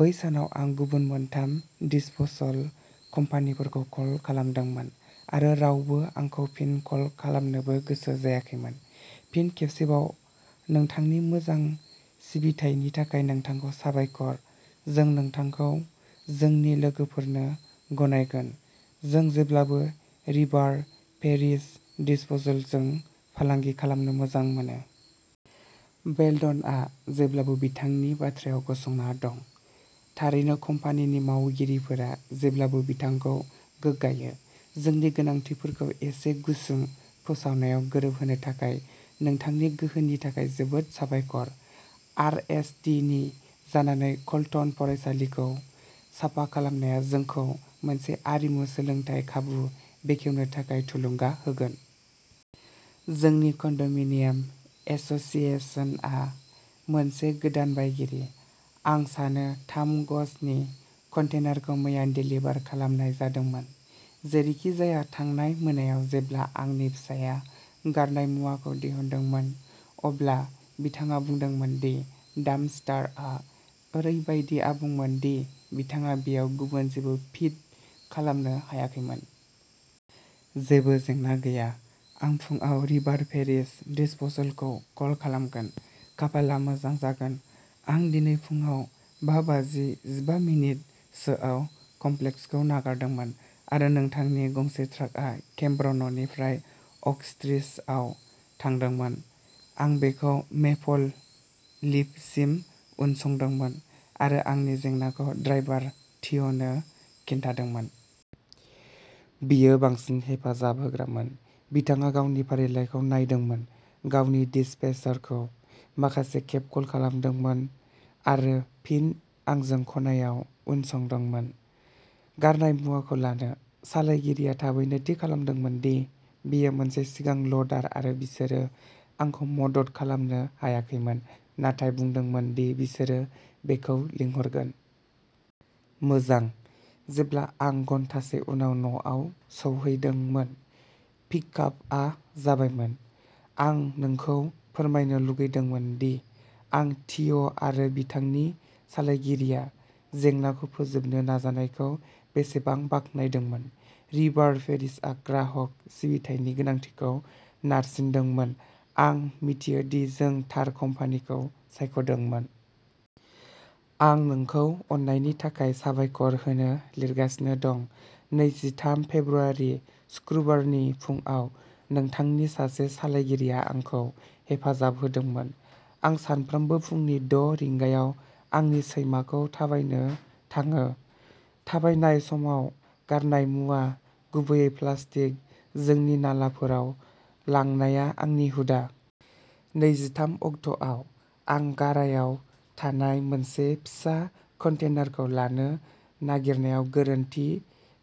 बै सानाव आं गुबुन मोनथाम दिस्प'सल कम्पानिफोरखौ कल खालामदोंमोन आरो रावबो आंखौ फिन कल खालामनोबो गोसो जायाखैमोन। फिन खेबसेबाव, नोंथांनि मोजां सिबिथायनि थाखाय नोंथांखौ साबायखर। जों नोंथांखौ जोंनि लोगोफोरनो गनायगोन। जों जेब्लाबो रिभार पेरिश दिस्प'सलजों फालांगि खालामनो मोजां मोनो। वेल्डनआ जेब्लाबो बिथांनि बाथ्रायाव गसंना दं। थारैनो कम्पानिनि मावगिरिफोरा जेब्लाबो बिथांखौ गोग्गायो। जोंनि गोनांथिफोरखौ एसे गुसुं फोसावनायाव गोरोबहोनो थाखाय नोंथांनि गोहोनि थाखाय जोबोद साबायखर। आरएसडिनि जानानै कल्टन फरायसालिखौ साफा खालामनाया जोंखौ मोनसे आरिमु सोलोंथाय खाबु बेखेवनो थाखाय थुलुंगा होगोन। जोंनि कन्ड'मिनियाम एस'सिएशनआ मोनसे गोदान बायगिरि। आं सानो थाम गजनि कन्टेनारखौ मैया देलिभार खालामनाय जादोंमोन। जेरैखिजाया, थांनाय मोनायाव जेब्ला आंनि फिसाया गारनाय मुवाखौ दिहुनदोंमोन, अब्ला बिथाङा बुंदोंमोन दि डाम्पस्टारआ ओरैबादि आबुंमोन दि बिथाङा बेयाव गुबुन जेबो फिट खालामनो हायाखैमोन। जेबो जेंना गैया, आं फुंआव रिभार पेरिश दिस्प'सलखौ कल खालामगोन। खाफालआ मोजां जागोन आं दिनै फुंआव बा बाजि जिबा मिनट सोआव कमप्लेक्सखौ नागारदोंमोन आरो नोंथांनि गंसे ट्राकआ केम्ब्र'ननिफ्राय अक स्ट्रिटआव थांदोंमोन। आं बेखौ मेपल लिफसिम उनसंदोंमोन आरो आंनि जेंनाखौ ड्राइभार थिय'नो खिन्थादोंमोन। बियो बांसिन हेफाजाब होग्रामोन। बिथाङा गावनि फारिलाइखौ नायदोंमोन, गावनि डिस्पेचारखौ माखासे खेब कल खालामदोंमोन आरो फिन आंजों खनायाव उनसंदोंमोन गारनाय मुवाखौ लानो। सालायगिरिया थाबैनो थि खालामदोंमोन दि बेयो मोनसे सिगां लडार आरो बिसोरो आंखौ मदद खालामनो हायाखैमोन नाथाय बुंदोंमोन दि बिसोरो बेखौ लिंहरगोन। मोजां, जेब्ला आं घन्टासे उनाव न'आव सौहैदोंमोन, पिकआपआ जाबायमोन। आं नोंखौ फोरमायनो लुगैदोंमोन दि आं थिय'आरो बिथांनि सालायगिरिया जेंनाखौ फोजोबनो नाजानायखौ बेसेबां बाख्नायदोंमोन। रिभार पेरिसआ ग्राहक सिबिथायनि गोनांथिखौ नारसिनदोंमोन। आं मिथियो दि जों थार कम्पानिखौ सायख'दोंमोन। आं नोंखौ अननायनि थाखाय साबायखर होनो लिरगासिनो दं। नैजिथाम फेब्रुआरि सुक्रुबारनि फुंआव नोंथांनि सासे सालायगिरिया आंखौ हेफाजाब होदोंमोन। आं सानफ्रोमबो फुंनि द' रिंगायाव आंनि सैमाखौ थाबायनो थाङो। थाबायनाय समाव गारनाय मुवा, गुबैयै प्लास्टिक, जोंनि नालाफोराव लांनाया आंनि हुदा। नैजिथाम अक्ट'आव, आं गारायाव थानाय मोनसे फिसा कन्टेनारखौ लानो नागिरनायाव गोरोन्थि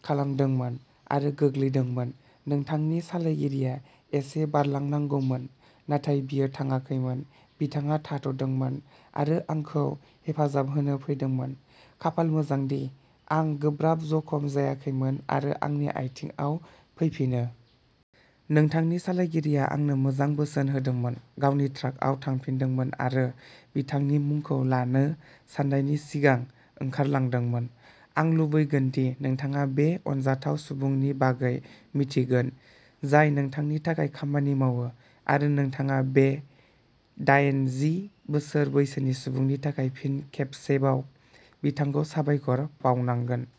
खालामदोंमोन आरो गोग्लैदोंमोन। नोंथांनि सालायगिरिया एसे बारलांनांगौमोन, नाथाय बियो थाङाखैमोन। बिथाङा थाद'दोंमोन आरो आंखौ हेफाजाब होनो फैदोंमोन। खाफाल मोजांदि, आं गोब्राब जखम जायाखैमोन आरो आंनि आयथिंआव फैफिनो। नोंथांनि सालायगिरिया आंनो मोजां बोसोन होदोंमोन, गावनि ट्राकआव थांफिनदोंमोन आरो बिथांनि मुंखौ लानो साननायनि सिगां ओंखारलांदोंमोन। आं लुबैगोन दि नोंथाङा बे अनजाथाव सुबुंनि बागै मिन्थिगोन जाय नोंथांनि थाखाय खामानि मावो, आरो नोंथाङा बे डायनजि बोसोर बैसोनि सुबुंनि थाखाय फिन खेबसेबाव बिथांखौ साबायखर बावनांगोन।